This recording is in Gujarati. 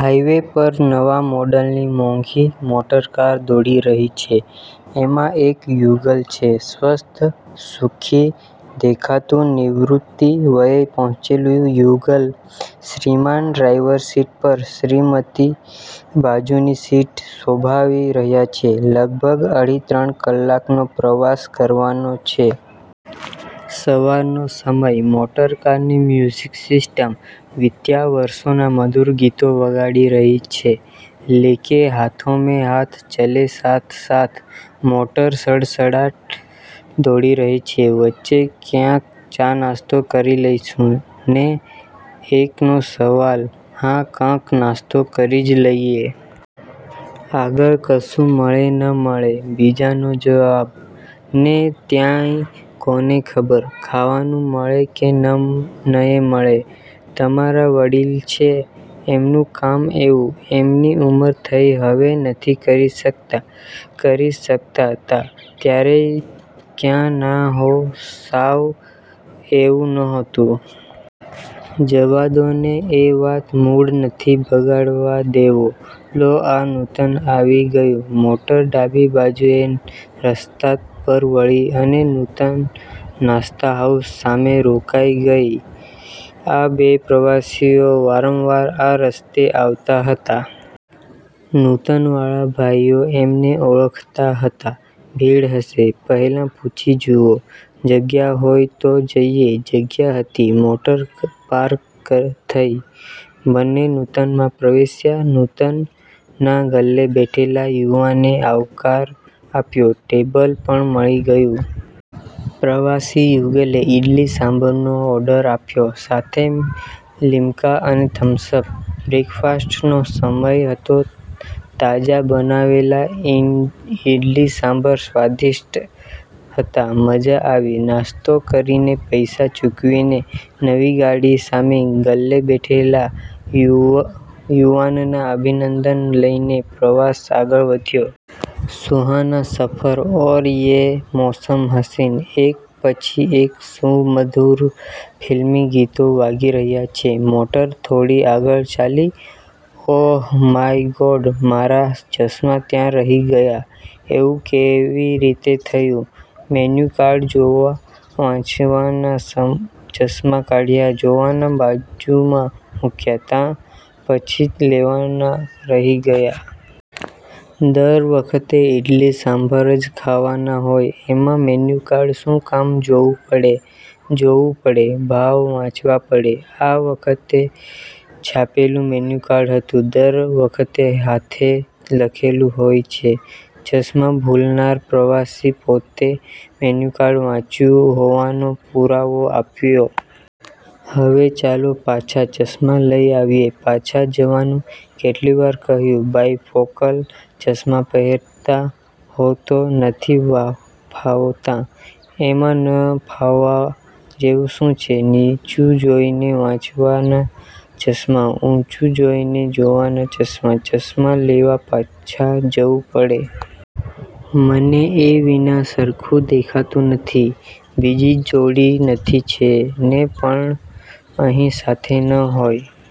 હાઇવે પર નવા મોડેલની મોંઘી મોટરકાર દોડી રહી છે. એમાં એક યુગલ છે. સ્વસ્થ, સુખી દેખાતું નિવૃત્તિ વયે પહોંચેલું યુગલ. શ્રીમાન ડ્રાઈવરસીટ પર, શ્રીમતી બાજુની સીટ શોભાવી રહ્યાં છે. લગભગ અઢી-ત્રણ કલાકનો પ્રવાસ કરવાનો છે. સવારનો સમય, મોટરકારની મ્યુઝિક સિસ્ટમ વીત્યા વર્ષોનાં મધુર ગીતો વગાડી રહી છે. 'લે કે હાથોમેં હાથ ચલે સાથ-સાથ,' મોટર સડસડાટ દોડી રહી છે. "વચ્ચે ક્યાંક ચાનાસ્તો કરી લઈશું ને?" એકનો સવાલ. "હા કંક નાસ્તો કરી જ લઈએ. આગળ કશું મળે ન મળે." બીજાનો જવાબ. "ને ત્યાંય કોને ખબર, ખાવાનું મળે કે નયે મળે. તમારા વડીલ છે. એમનું કામ એવું." "એમની ઉમર થઈ હવે નથી કરી શકતાં." "કરી શકતાં'તાં ત્યારે ય ક્યાં" "ના હોં, સાવ એવું નહોતું." "જવા દો ને એ વાત, મૂડ નથી બગડવા દેવો. લો આ 'નૂતન' આવી ગયું." મોટર ડાબી બાજુએ રસ્તા પર વળી અને 'નૂતન નાસ્તા હાઉસ' સામે રોકાઈ ગઈ. આ બે પ્રવાસીઓ વારંવાર આ રસ્તે આવતાં હતા. 'નૂતન' વાળા ભાઈઓ એમને ઓળખતા હતા. "ભીડ હશે, પહેલાં પૂછી જુઓ. જગ્યા હોય તો જઈએ." જગ્યા હતી. મોટર પાર્ક થઈ. બન્ને 'નૂતન' માં પ્રવેશ્યા. 'નૂતન' ના ગલ્લે બેઠેલા યુવાને આવકાર આપ્યો. ટેબલ પણ મળી ગયું. પ્રવાસી યુગલે ઈડલી સંભારનો ઓર્ડર આપ્યો સાથે લિમ્કા અને થમ્સઅપ. બ્રેકફાસ્ટનો સમય હતો. તાજા બનાવેલાં ઈડલી સંભાર સ્વાદિષ્ટ હતા. મજા આવી. નાસ્તો કરીને પૈસા ચૂકવીને, નવી ગાડી સામે ગલ્લે બેઠેલા યુવાનના અભિનંદન લઈને પ્રવાસ આગળ વધ્યો. "સુહાના સફર ઔર યે મૌસમ હસીન" એક પછી એક સુમધુર ફિલ્મી ગીતો વાગી રહ્યા છે. મોટર થોડી આગળ ચાલી. "ઓહ માય ગોડ, મારા ચશ્મા ત્યાં રહી ગયાં." "એવું કેવી રીતે થયું?" "મેન્યુકાર્ડ જોવા વાંચવાના ચશ્મા કાઢ્યા, જોવાના બાજુમાં મૂક્યા'તા, પછી લેવાના રહી ગયાં." "દર વખતે ઇડલી સંભાર જ ખાવાના હોય એમાં મેન્યુકાર્ડ શું કામ જોવું પડે?" "જોવું પડે. ભાવ વાંચવા પડે. આ વખતે છાપેલું મેન્યુકાર્ડ હતું. દર વખતે હાથે લખેલું હોય છે." ચશ્મા ભૂલનાર પ્રવાસી પોતે મેન્યુકાર્ડ વાંચ્યું હોવાનો પુરાવો આપ્યો. "હવે ચાલો પાછા, ચશ્મા લઇ આવીએ." "પાછા જવાનું?" "કેટલી વાર કહ્યું. બાયફોકલ ચશ્મા પહેરતા હો તો?" "નથી ફાવતા." "એમાં ન ફાવવા જેવું શું છે? નીચું જોઇને વાંચવાના ચશ્મા, ઊંચુ જોઇને જોવાના ચશ્મા." "ચશ્મા લેવા પાછા જવું પડે. મને એ વિના સરખું દેખાતું નથી." "બીજી જોડી નથી?" "છે ને, પણ અહીં સાથે ન હોય